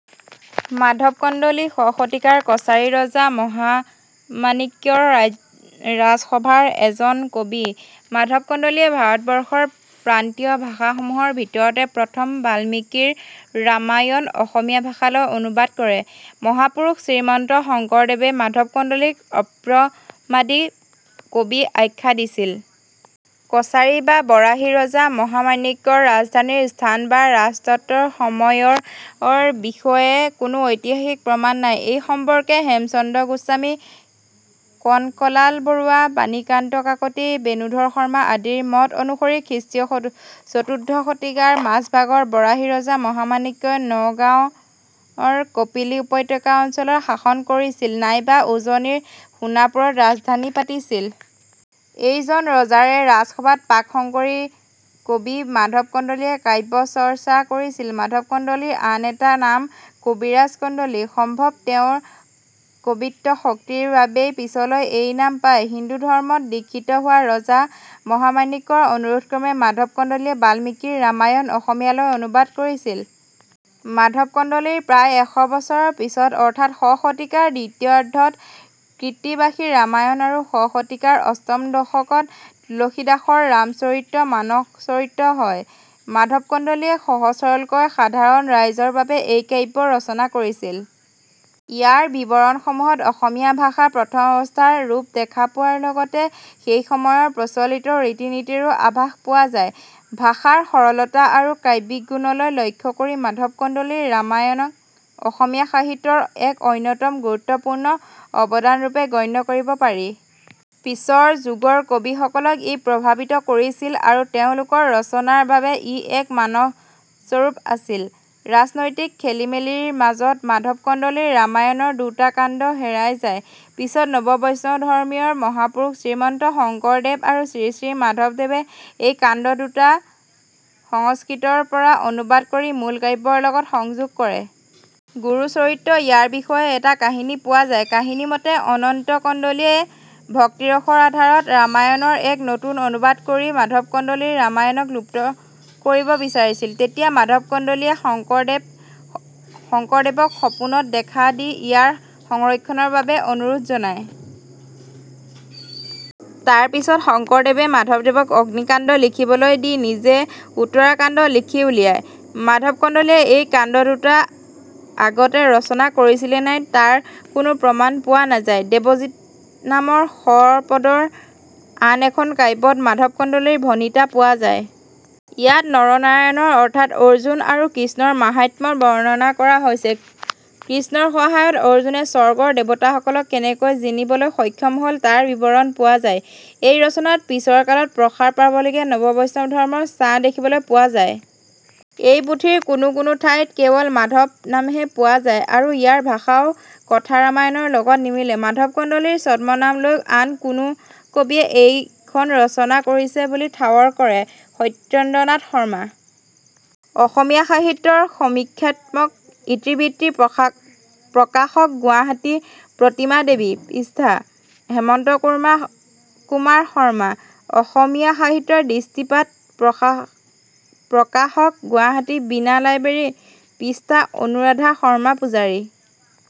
মাধৱ কন্দলি শ শতিকাৰ কছাৰী ৰজা মহামাণিক্যৰ ৰাজসভাৰ এজন কবি। মাধৱ কন্দলিয়ে ভাৰতবৰ্ষৰ প্ৰান্তীয় ভাষা সমুহৰ ভিতৰতে প্ৰথম বাল্মীকি ৰ ৰামায়ণ অসমীয়া ভাষালৈ অনুবাদ কৰে। মহাপুৰুষ শ্ৰীমন্ত শঙ্কৰদেৱে মাধৱ কন্দলিক "অপ্ৰমাদী কবি" আখ্যা দিছিল। কছাৰী বা বৰাহী ৰজা মহামাণিক্যৰ ৰাজধানীৰ স্থান বা ৰাজতত্বৰ সময়ৰ বিষয়ে কোনো ঐতিহাসিক প্ৰমাণ নাই। এই সম্পৰ্কে হেমচন্দ্ৰ গোস্বামী, কনকলাল বৰুৱা, বাণীকান্ত কাকতি, বেণুধৰ শৰ্মা আদিৰ মত অনুসৰি খৃষ্টীয় চতুৰ্দশ শতিকাৰ মাজভাগত বৰাহী ৰজা মহামাণিক্যই নগাঁৱ ৰ কপিলী উপত্যকা অঞ্চলত শাসন কৰিছিল নাইবা উজনিৰ সোণাপুৰত ৰাজধানী পাতিছিল। এইজন ৰজাৰে ৰাজসভাত প্ৰাক্-শঙ্কৰী কবি মাধৱ কন্দলিয়ে কাব্য চৰ্চা কৰিছিল। মাধৱ কন্দলিৰ আন এটা নাম "কবিৰাজ কন্দলি", সম্ভৱ তেওঁৰ কবিত্ব শক্তিৰ বাবেই পিছলৈ এই নাম পায়। হিন্দু ধৰ্ম ত দিক্ষিত হোৱা ৰজা মহামাণিক্যৰ অনুৰোধক্ৰমে মাধৱ কন্দলিয়ে বাল্মীকিৰ ৰামায়ণ অসমীয়ালৈ অনুবাদ কৰিছিল। মাধৱ কন্দলিৰ প্ৰায় এশ বছৰ পিছত অৰ্থাৎ শ শতিকাৰ দ্বিতীয়াৰ্ধত ' কৃত্তিবাসী ৰামায়ণ ' আৰু শ শতিকাৰ অষ্টম দশকত তুলসীদাস ৰ ' ৰাম-চৰিত মানস ' ৰচিত হয়। মাধৱ কন্দলিয়ে সহজ-সৰলকৈ সাধাৰণ ৰাইজৰ বাবে এই কাব্য ৰচনা কৰিছিল। ইয়াৰ বিৱৰণসমূহত অসমীয়া ভাষা প্ৰথম অৱস্থাৰ ৰূপ দেখা পোৱাৰ লগতে সেইসময়ৰ প্ৰচলিত ৰীতি-নীতিৰো আভাস পোৱা যায়। ভাষাৰ সৰলতা আৰু কাব্যিক গুণলৈ লক্ষ্য কৰি মাধৱ কন্দলিৰ ৰামায়ণক অসমীয়া সাহিত্য ৰ এক অন্যতম গুৰুত্বপূৰ্ণ অৱদানৰূপে গণ্য কৰিব পাৰি। পিছৰ যুগৰ কবিসকলক ই প্ৰভাৱিত কৰিছিল আৰু তেওঁলোকৰ ৰচনাৰ বাবে ই এক মানসস্বৰূপ আছিল। ৰাজনৈতিক খেলিমেলিৰ মাজত মাধৱ কন্দলিৰ ৰামায়ণৰ দুটা কাণ্ড হেৰাই যায়। পিছত নৱবৈষ্ণৱ ধৰ্মীয় ৰ মহাপুৰুষ শ্ৰীমন্ত শঙ্কৰদেৱ আৰু শ্ৰীশ্ৰী মাধৱদেৱে এই কাণ্ড দুটা সংস্কৃত ৰ পৰা অনুবাদ কৰি মূল কাব্যৰ লগত সংযোগ কৰে। " গুৰু-চৰিত " ইয়াৰ বিষয়ে এটা কাহিনী পোৱা যায়। কাহিনীমতে অনন্ত কন্দলি য়ে ভক্তিৰসৰ আধাৰত ৰামায়ণৰ এক নতুন অনুবাদ কৰি মাধৱ কন্দলিৰ ৰামায়ণক লুপ্ত কৰিব বিচাৰিছিল। তেতিয়া মাধৱ কন্দলিয়ে শঙ্কৰদেৱক সপোনত দেখা দি ইয়াৰ সংৰক্ষণৰ বাবে অনুৰোধ জনায়। তাৰ পিছত শঙ্কৰদেৱে মাধৱদেৱক অগ্নিকাণ্ড লিখিবলৈ দি নিজে উত্তৰাকাণ্ড লিখি উলিয়ায়। মাধৱ কন্দলিয়ে এই কাণ্ড দুটা আগতে ৰচনা কৰিছিল নে নাই তাৰ কোনো প্ৰমাণ পোৱা নাযায়। "দেৱজিৎ" নামৰ শ পদৰ আন এখন কাব্যত মাধৱ কন্দলিৰ ভণিতা পোৱা যায়। ইয়াত নৰনাৰায়ণ অৰ্থাৎ অৰ্জুন আৰু কৃষ্ণ ৰ মাহাত্ম্য বৰ্ণনা কৰা হৈছে। কৃষ্ণৰ সহায়ত অৰ্জুনে স্বৰ্গৰ দেৱতাসকলক কেনেকৈ জিনিবলৈ সক্ষম হ'ল তাৰ বিৱৰণ পোৱা যায়। এই ৰচনাত পিছৰ কালত প্ৰসাৰ পাবলগীয়া নৱবৈষ্ণৱ ধৰ্মৰ ছাঁ দেখিবলৈ পোৱা যায়। এই পুথিৰ কোনো কোনো ঠাইত কেৱল 'মাধৱ' নামহে পোৱা যায় আৰু ইয়াৰ ভাষাও 'কথা-ৰামায়ণ'ৰ লগত নিমিলে। মাধৱ কন্দলিৰ ছদ্মনাম লৈ আন কোনো কবিয়ে এইখন ৰচনা কৰিছে বুলি ঠাৱৰ কৰে। ↑ সত্যেন্দ্ৰনাথ শৰ্মা. অসমীয়া সাহিত্যৰ সমীক্ষাত্মক ইতিবৃত্তি. প্ৰকাশক গুৱাহাটী: প্ৰতিমা দেৱী. পৃষ্ঠা. -.↑ হেমন্ত কুমাৰ শৰ্মা. অসমীয়া সাহিত্যত দৃষ্টিপাত. প্ৰকাশক গুৱাহাটী: বীণা লাইব্ৰেৰী. পৃষ্ঠা.. অনুৰাধা শৰ্মা পূজাৰী।